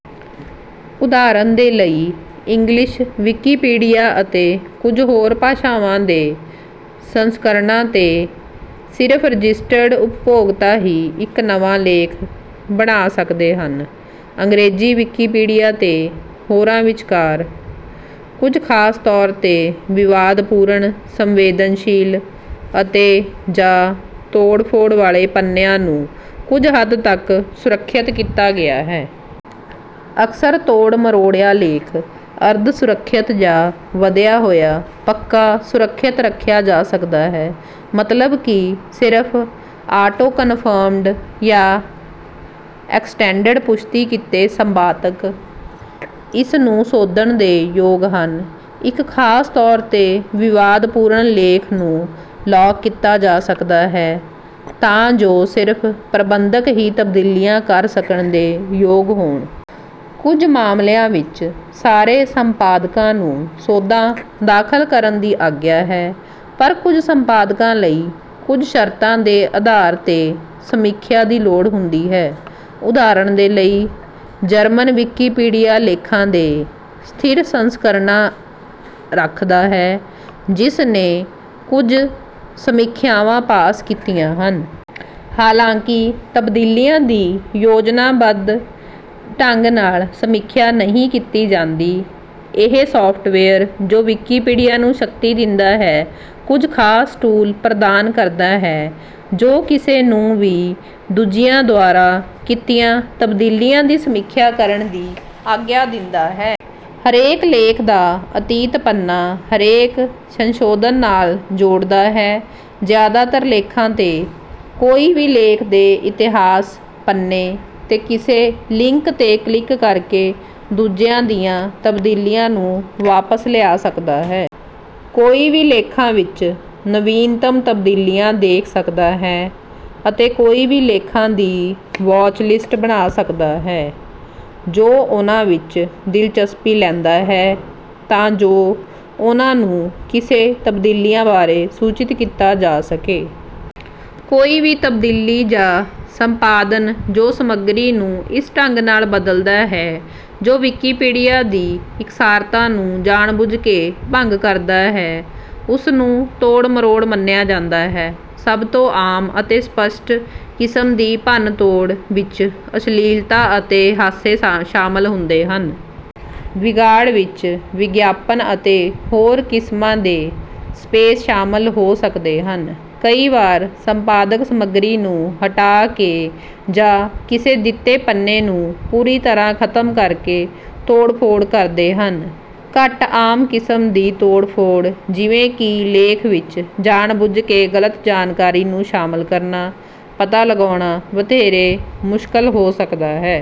ਉਦਾਹਰਣ ਦੇ ਲਈ, ਇੰਗਲਿਸ਼ ਵਿਕੀਪੀਡੀਆ ਅਤੇ ਕੁਝ ਹੋਰ ਭਾਸ਼ਾਵਾਂ ਦੇ ਸੰਸਕਰਣਾਂ ਤੇ, ਸਿਰਫ ਰਜਿਸਟਰਡ ਉਪਭੋਗਤਾ ਹੀ ਇੱਕ ਨਵਾਂ ਲੇਖ ਬਣਾ ਸਕਦੇ ਹਨ। ਅੰਗ੍ਰੇਜ਼ੀ ਵਿਕੀਪੀਡੀਆ 'ਤੇ, ਹੋਰਾਂ ਵਿਚਕਾਰ, ਕੁਝ ਖਾਸ ਤੌਰ' ਤੇ ਵਿਵਾਦਪੂਰਨ, ਸੰਵੇਦਨਸ਼ੀਲ ਅਤੇ/ਜਾਂ ਤੋੜ-ਫੋੜ ਵਾਲੇ ਪੰਨਿਆਂ ਨੂੰ ਕੁਝ ਹੱਦ ਤਕ ਸੁਰੱਖਿਅਤ ਕੀਤਾ ਗਿਆ ਹੈ। ਅਕਸਰ ਤੋੜ-ਮਰੋੜਿਆ ਲੇਖ ਅਰਧ-ਸੁਰੱਖਿਅਤ ਜਾਂ ਵਧਿਆ ਹੋਇਆ ਪੱਕਾ ਸੁਰੱਖਿਅਤ ਰੱਖਿਆ ਜਾ ਸਕਦਾ ਹੈ, ਮਤਲਬ ਕਿ ਸਿਰਫ ਆਟੋਕਨਫਰਮਡ ਜਾਂ ਐਕਸਟੈਂਡਡ ਪੁਸ਼ਟੀ ਕੀਤੇ ਸੰਪਾਦਕ ਇਸ ਨੂੰ ਸੋਧਣ ਦੇ ਯੋਗ ਹਨ। ਇੱਕ ਖਾਸ ਤੌਰ 'ਤੇ ਵਿਵਾਦਪੂਰਨ ਲੇਖ ਨੂੰ ਲਾਕ ਕੀਤਾ ਜਾ ਸਕਦਾ ਹੈ ਤਾਂ ਜੋ ਸਿਰਫ ਪ੍ਰਬੰਧਕ ਹੀ ਤਬਦੀਲੀਆਂ ਕਰ ਸਕਣ ਦੇ ਯੋਗ ਹੋਣ। ਕੁਝ ਮਾਮਲਿਆਂ ਵਿੱਚ, ਸਾਰੇ ਸੰਪਾਦਕਾਂ ਨੂੰ ਸੋਧਾਂ ਦਾਖਲ ਕਰਨ ਦੀ ਆਗਿਆ ਹੈ, ਪਰ ਕੁਝ ਸੰਪਾਦਕਾਂ ਲਈ ਕੁਝ ਸ਼ਰਤਾਂ ਦੇ ਅਧਾਰ ਤੇ ਸਮੀਖਿਆ ਦੀ ਲੋੜ ਹੁੰਦੀ ਹੈ। ਉਦਾਹਰਣ ਦੇ ਲਈ, ਜਰਮਨ ਵਿਕੀਪੀਡੀਆ ਲੇਖਾਂ ਦੇ "ਸਥਿਰ ਸੰਸਕਰਣਾਂ" ਰੱਖਦਾ ਹੈ, ਜਿਸ ਨੇ ਕੁਝ ਸਮੀਖਿਆਵਾਂ ਪਾਸ ਕੀਤੀਆਂ ਹਨ। ਹਾਲਾਂਕਿ ਤਬਦੀਲੀਆਂ ਦੀ ਯੋਜਨਾਬੱਧ ਢੰਗ ਨਾਲ ਸਮੀਖਿਆ ਨਹੀਂ ਕੀਤੀ ਜਾਂਦੀ, ਇਹ ਸੌਫਟਵੇਅਰ ਜੋ ਵਿਕੀਪੀਡੀਆ ਨੂੰ ਸ਼ਕਤੀ ਦਿੰਦਾ ਹੈ ਕੁਝ ਖਾਸ ਟੂਲ ਪ੍ਰਦਾਨ ਕਰਦਾ ਹੈ ਜੋ ਕਿਸੇ ਨੂੰ ਵੀ ਦੂਜਿਆਂ ਦੁਆਰਾ ਕੀਤੀਆਂ ਤਬਦੀਲੀਆਂ ਦੀ ਸਮੀਖਿਆ ਕਰਨ ਦੀ ਆਗਿਆ ਦਿੰਦਾ ਹੈ। ਹਰ ਲੇਖ ਦਾ "ਅਤੀਤ" ਪੰਨਾ ਹਰੇਕ ਸੰਸ਼ੋਧਨ ਨਾਲ ਜੋੜਦਾ ਹੈ। ਜ਼ਿਆਦਾਤਰ ਲੇਖਾਂ 'ਤੇ, ਕੋਈ ਵੀ ਲੇਖ ਦੇ ਇਤਿਹਾਸ ਪੰਨੇ' ਤੇ ਕਿਸੇ ਲਿੰਕ ਤੇ ਕਲਿਕ ਕਰਕੇ ਦੂਜਿਆਂ ਦੀਆਂ ਤਬਦੀਲੀਆਂ ਨੂੰ ਵਾਪਸ ਲਿਆ ਸਕਦਾ ਹੈ। ਕੋਈ ਵੀ ਲੇਖਾਂ ਵਿਚ ਨਵੀਨਤਮ ਤਬਦੀਲੀਆਂ ਦੇਖ ਸਕਦਾ ਹੈ, ਅਤੇ ਕੋਈ ਵੀ ਲੇਖਾਂ ਦੀ "ਵਾਚਲਿਸਟ" ਬਣਾ ਸਕਦਾ ਹੈ ਜੋ ਉਨ੍ਹਾਂ ਵਿਚ ਦਿਲਚਸਪੀ ਲੈਂਦਾ ਹੈ ਤਾਂ ਜੋ ਉਨ੍ਹਾਂ ਨੂੰ ਕਿਸੇ ਤਬਦੀਲੀਆਂ ਬਾਰੇ ਸੂਚਿਤ ਕੀਤਾ ਜਾ ਸਕੇ। ਕੋਈ ਵੀ ਤਬਦੀਲੀ ਜਾਂ ਸੰਪਾਦਨ ਜੋ ਸਮੱਗਰੀ ਨੂੰ ਇਸ ਢੰਗ ਨਾਲ ਬਦਲਦਾ ਹੈ ਜੋ ਵਿਕੀਪੀਡੀਆ ਦੀ ਇਕਸਾਰਤਾ ਨੂੰ ਜਾਣਬੁੱਝ ਕੇ ਭੰਗ ਕਰਦਾ ਹੈ, ਉਸ ਨੂੰ ਤੋੜ-ਮਰੋੜ ਮੰਨਿਆ ਜਾਂਦਾ ਹੈ। ਸਭ ਤੋਂ ਆਮ ਅਤੇ ਸਪੱਸ਼ਟ ਕਿਸਮ ਦੀ ਭੰਨਤੋੜ ਵਿਚ ਅਸ਼ਲੀਲਤਾ ਅਤੇ ਹਾਸੇ ਸ਼ਾਮਲ ਹੁੰਦੇ ਹਨ। ਵਿਗਾੜ ਵਿੱਚ ਵਿਗਿਆਪਨ ਅਤੇ ਹੋਰ ਕਿਸਮਾਂ ਦੇ ਸਪੈਮ ਸ਼ਾਮਲ ਹੋ ਸਕਦੇ ਹਨ। ਕਈ ਵਾਰ ਸੰਪਾਦਕ ਸਮਗਰੀ ਨੂੰ ਹਟਾ ਕੇ ਜਾਂ ਕਿਸੇ ਦਿੱਤੇ ਪੰਨੇ ਨੂੰ ਪੂਰੀ ਤਰ੍ਹਾਂ ਖਤਮ ਕਰਕੇ ਤੋੜ-ਫੋੜ ਕਰਦੇ ਹਨ। ਘੱਟ ਆਮ ਕਿਸਮ ਦੀ ਤੋੜ-ਫੋੜ, ਜਿਵੇਂ ਕਿ ਲੇਖ ਵਿਚ ਜਾਣਬੁੱਝ ਕੇ ਗਲਤ ਜਾਣਕਾਰੀ ਨੂੰ ਸ਼ਾਮਲ ਕਰਨਾ, ਪਤਾ ਲਗਾਉਣਾ ਵਧੇਰੇ ਮੁਸ਼ਕਲ ਹੋ ਸਕਦਾ ਹੈ।